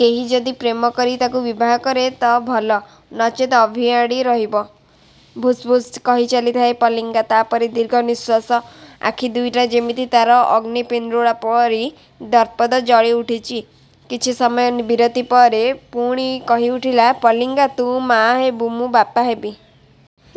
କେହି ଯଦି ପ୍ରେମ କରି ତାକୁ ବିବାହ କରେ ତ ଭଲ, ନଚେତ ଅଭିଆଡ଼ୀ ରହିବ। ଭୁସ୍ ଭୁସ୍ କହିଚାଲିଥାଏ ପଲିଙ୍ଗା। ତା ପରେ ଦୀର୍ଘ ନିଶ୍ୱାସ। ଆଖି ଦୁଇଟା ଯେମିତି ତାର ଅଗ୍ନିପିଣ୍ଡୁଳା ପରି ଦପ୍ଦପ୍ ଜଳିଉଠୁଚି। କିଛି ସମୟ ବିରତି ପରେ ପୁଣି କହି ଉଠିଲା ପଲିଙ୍ଗା ତୁ ମା ହେବୁ, ମୁଁ ବାପା ହେବି।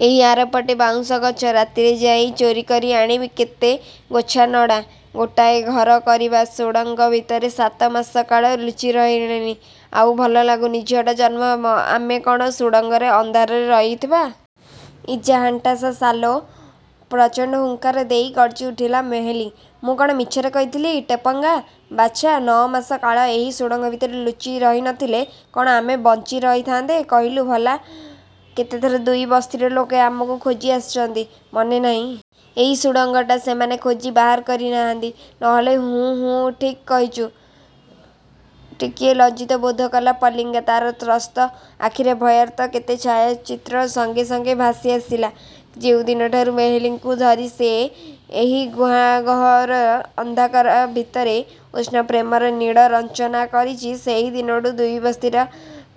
ଏହି ଆରପଟେ ବାଉଁଶ ଗଛ। ରାତିରେ ଯାଇ ଚୋରି କରି ଆଣିବି କେତେ ଗୋଛା ନଡ଼ା। ଗୋଟାଏ ଘର କରିବା। ସୁଡ଼ଙ୍ଗ ଭିତରେ ସାତ ମାସ କାଳ ଲୁଚି ରହିଲେଣି। ଆଉ ଭଲ ଲାଗୁନି। ଝିଅଟା ଜନ୍ମ ହେବ। ଆମେ କ'ଣ ସୁଡ଼ଙ୍ଗର ଅନ୍ଧାରରେ ରହିଥିବା? ଇଜାହାଣ୍ଟାସା ସାଲୋ। ପ୍ରଚଣ୍ଡ ହୁଙ୍କାର ଦେଇ ଗର୍ଜିଉଠିଲା ମେହଲୀ। ମୁଁ କଣ ମିଛରେ କହିଥିଲି ଟେପଙ୍ଗା। ବାଚ୍ଛା। ନଅ ମାସ କାଳ ଏହି ସୁଡ଼ଙ୍ଗ ଭିତରେ ଲୁଚି ରହି ନ ଥିଲେ, କ'ଣ ଆମେ ବଞ୍ଚି ରହିଥାଆନ୍ତେ କହିଲୁ ଭଲା! କେତେଥର ଦୁଇ ବସ୍ତିର ଲୋକେ ଆମକୁ ଖୋଜି ଆସିଚନ୍ତି, ମନେ ନାହିଁ? ଏହି ସୁଡ଼ଙ୍ଗଟା ସେମାନେ ଖୋଜି ବାହାର କରି ନାହାନ୍ତି, ନ ହେଲେ ହୁଁ, ହୁଁ, ଠିକ୍ କହିଚୁ। ଟିକିଏ ଲଜ୍ଜିତ ବୋଧ କଲା ପଲିଙ୍ଗା। ତାର ତ୍ରସ୍ତ ଆଖିରେ ଭୟାର୍ତ୍ତ କେତେ ଛାୟାଚିତ୍ର ସଙ୍ଗେ ସଙ୍ଗେ ଭାସିଆସିଲା। ଯେଉଁଦିନଠାରୁ ମେହଲୀକୁ ଧରି ସେ ଏହି ଗୁହାଗହ୍ୱର ଅନ୍ଧକାର ଭିତରେ ଉଷ୍ଣପ୍ରେମର ନୀଡ଼ ରଚନା କରିଚି, ସେହି ଦିନଠୁ ଦୁଇ ବସ୍ତିର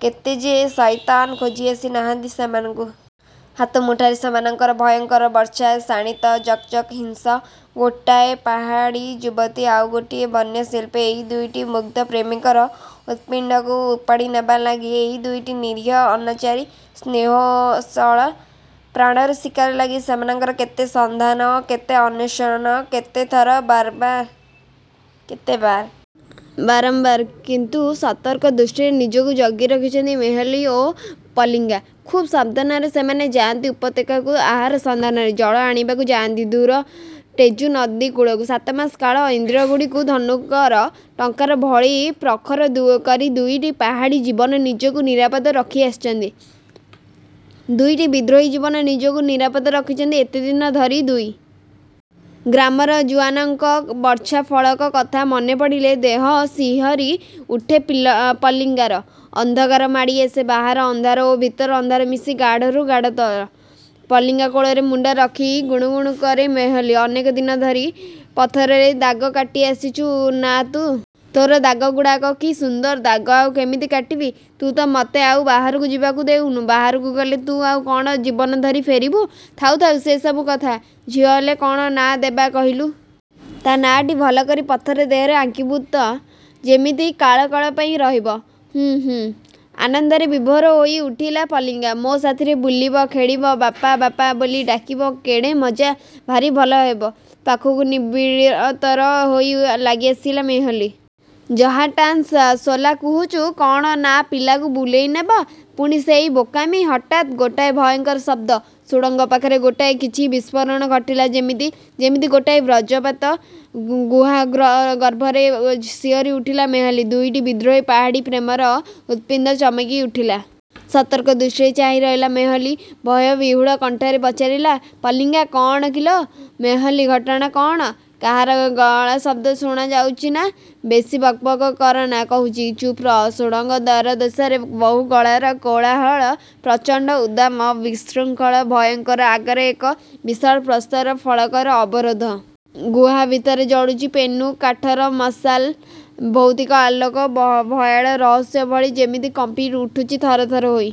କେତେ ଯେ ଶଇତାନ ଖୋଜି ଆସି ନାହାନ୍ତି ସେମାନଙ୍କୁ! ହାତ ମୁଠାରେ ସେମାନଙ୍କର ଭୟଙ୍କର ବର୍ଚ୍ଛା। ଶାଣିତ, ଜକ୍ ଜକ୍, ହିଂସ୍ର। ଗୋଟାଏ ପାହାଡ଼ୀ ଯୁବତୀ, ଆଉ ଗୋଟିଏ ବନ୍ୟ ଶିଳ୍ପୀଏହି ଦୁଇଟି ମୁଗ୍ଧ ପ୍ରେମିକର ହୃତ୍ପିଣ୍ଡକୁ ଉପାଡ଼ିନେବା ଲାଗି, ଏହି ଦୁଇଟି ନିରୀହ, ଅନାଚାରୀ, ସ୍ନେହୋତ୍ସଳ ପ୍ରାଣର ଶିକାର ଲାଗି ସେମାନଙ୍କର କେତେ ସନ୍ଧାନ, କେତେ ଅନ୍ୱେଷଣ କେତେ ଥର, ବାର ବାର କେତେ ବାର! ବାରମ୍ବାର! କିନ୍ତୁ ସତର୍କ ଦୃଷ୍ଟିରେ ନିଜକୁ ଜଗି ରଖିଛନ୍ତି ମେହଲୀ ଓ ପଲିଙ୍ଗା। ଖୁବ୍ ସାବଧାନରେ ସେମାନେ ଯାଆନ୍ତି ଉପତ୍ୟକାକୁ ଆହାର ସନ୍ଧାନରେ, ଜଳ ଆଣିବାକୁ ଯାଆନ୍ତି ଦୂର ଟେଜୁ ନଦୀ କୂଳକୁ। ସାତମାସ କାଳ ଇନ୍ଦ୍ରିୟଗୁଡ଼ିକୁ ଧନୁକର ଟଙ୍କାର ଭଳି ପ୍ରଖର କରି ଦୁଇଟି ପାହାଡ଼ୀ ଜୀବନ ନିଜକୁ ନିରାପଦ ରଖି ଆସିଛନ୍ତି; ଦୁଇଟି ବିଦ୍ରୋହୀ ଜୀବନ ନିଜକୁ ନିରାପଦ ରଖିଚନ୍ତି ଏତେଦିନ ଧରି। ଦୁଇ ଗ୍ରାମର ଜୁଆନଙ୍କ ବର୍ଚ୍ଛାଫଳକ କଥା ମନେପଡ଼ିଲେ ଦେହ ଶିହରି ଉଠେ ପଲିଙ୍ଗାର। ଅନ୍ଧକାର ମାଡ଼ି ଆସେ। ବାହାର ଅନ୍ଧାର ଓ ଭିତର ଅନ୍ଧାର ମିଶି ଗାଢ଼ରୁ ଗାଢ଼ତର। ପଲିଙ୍ଗା କୋଳରେ ମୁଣ୍ଡ ରଖି ଗୁଣୁ ଗୁଣୁ କରେ ମେହଲୀ। ଅନେକ ଦିନ ଧରି ପଥରରେ ଦାଗ କାଟି ଆସିଚୁ ନା ତୁ? ତୋର ଦାଗଗୁଡ଼ାକ କି ସୁନ୍ଦର! ଦାଗ ଆଉ କେମିତି କାଟିବି? ତୁ ତ ମତେ ଆଉ ବାହାରକୁ ଯିବାକୁ ଦେଉନୁ। ବାହାରକୁ ଗଲେ ତୁ ଆଉ କ'ଣ ଜୀବନ ଧରି ଫେରିବୁ? ଥାଉ ଥାଉ ସେସବୁ କଥା। ଝିଅ ହେଲେ କ'ଣ ନାଁ ଦେବା କହିଲୁ? ତା ନାଁଟି ଭଲ କରି ପଥର ଦେହରେ ଆଙ୍କିବୁ ତ? ଯେମିତି କାଳ କାଳ ପାଇଁ ରହିବ। ହୁଁ, ହୁଁ। ଆନନ୍ଦରେ ବିଭୋର ହୋଇଉଠିଲା ପଲିଙ୍ଗା। ମୋ ସାଥିରେ ବୁଲିବ, ଖେଳିବ, ବାପା ବାପା ବୋଲି ଡାକିବ। କେଡ଼େ ମଜା! ଭାରି ଭଲ ହେବ। ପାଖକୁ ନିବିଡ଼ତର ହୋଇ ଲାଗିଆସିଲା ମେହଲୀ। ଜହାଣ୍ଟାସ ସୋଲାକହୁଚୁ କ'ଣ ନା ପିଲାକୁ ବୁଲେଇ ନେବ। ପୁଣି ସେଇ ବୋକାମି! ହଠାତ୍ ଗୋଟାଏ ଭୟଙ୍କର ଶବ୍ଦ। ସୁଡ଼ଙ୍ଗ ପାଖରେ ଗୋଟାଏ କିଛି ବିସ୍ଫୋରଣ ଘଟିଲା ଯେମିତି। ଯେମିତି ଗୋଟାଏ ବଜ୍ରପାତ। ଗୁହାଗର୍ଭରେ ଶିହରି ଉଠିଲା ମେହଲୀ। ଦୁଇଟି ବିଦ୍ରୋହୀ ପାହାଡ଼ୀ ପ୍ରେମର ହୃତ୍ପିଣ୍ଡ ଚମକି ଉଠିଲା। ସତର୍କ ଦୃଷ୍ଟିରେ ଚାହିଁରହିଲା ମେହଲୀ। ଭୟବିହ୍ୱଳ କଣ୍ଠରେ ପଚାରିଲା ପଲିଙ୍ଗା କ'ଣ କିଲୋ ମେହଲୀ, ଘଟଣା କ'ଣ? କାହାର ଗଳାଶବ୍ଦ ଶୁଣାଯାଉଛି ନା? ବେଶି ବକ୍ ବକ୍ କରନା କହୁଚି। ଚୁପ୍ ରହ। ସୁଡ଼ଙ୍ଗ ଦ୍ୱାରଦେଶରେ ବହୁ ଗଳାର କୋଳାହଳ ପ୍ରଚଣ୍ଡ, ଉଦ୍ଦାମ, ବିଶୃଙ୍ଖଳ, ଭୟଙ୍କର! ଆଗରେ ଏକ ବିଶାଳ ପ୍ରସ୍ତର ଫଳକର ଅବରୋଧ। ଗୁହା ଭିତରେ ଜଳୁଚି ପେନ୍ୟୁ କାଠର ମଶାଲ। ଭୌତିକ ଆଲୋକ, ଭୟାଳ ରହସ୍ୟ ଭଳି ଯେମିତି କମ୍ପି ଉଠୁଚି ଥର ଥର ହୋଇ।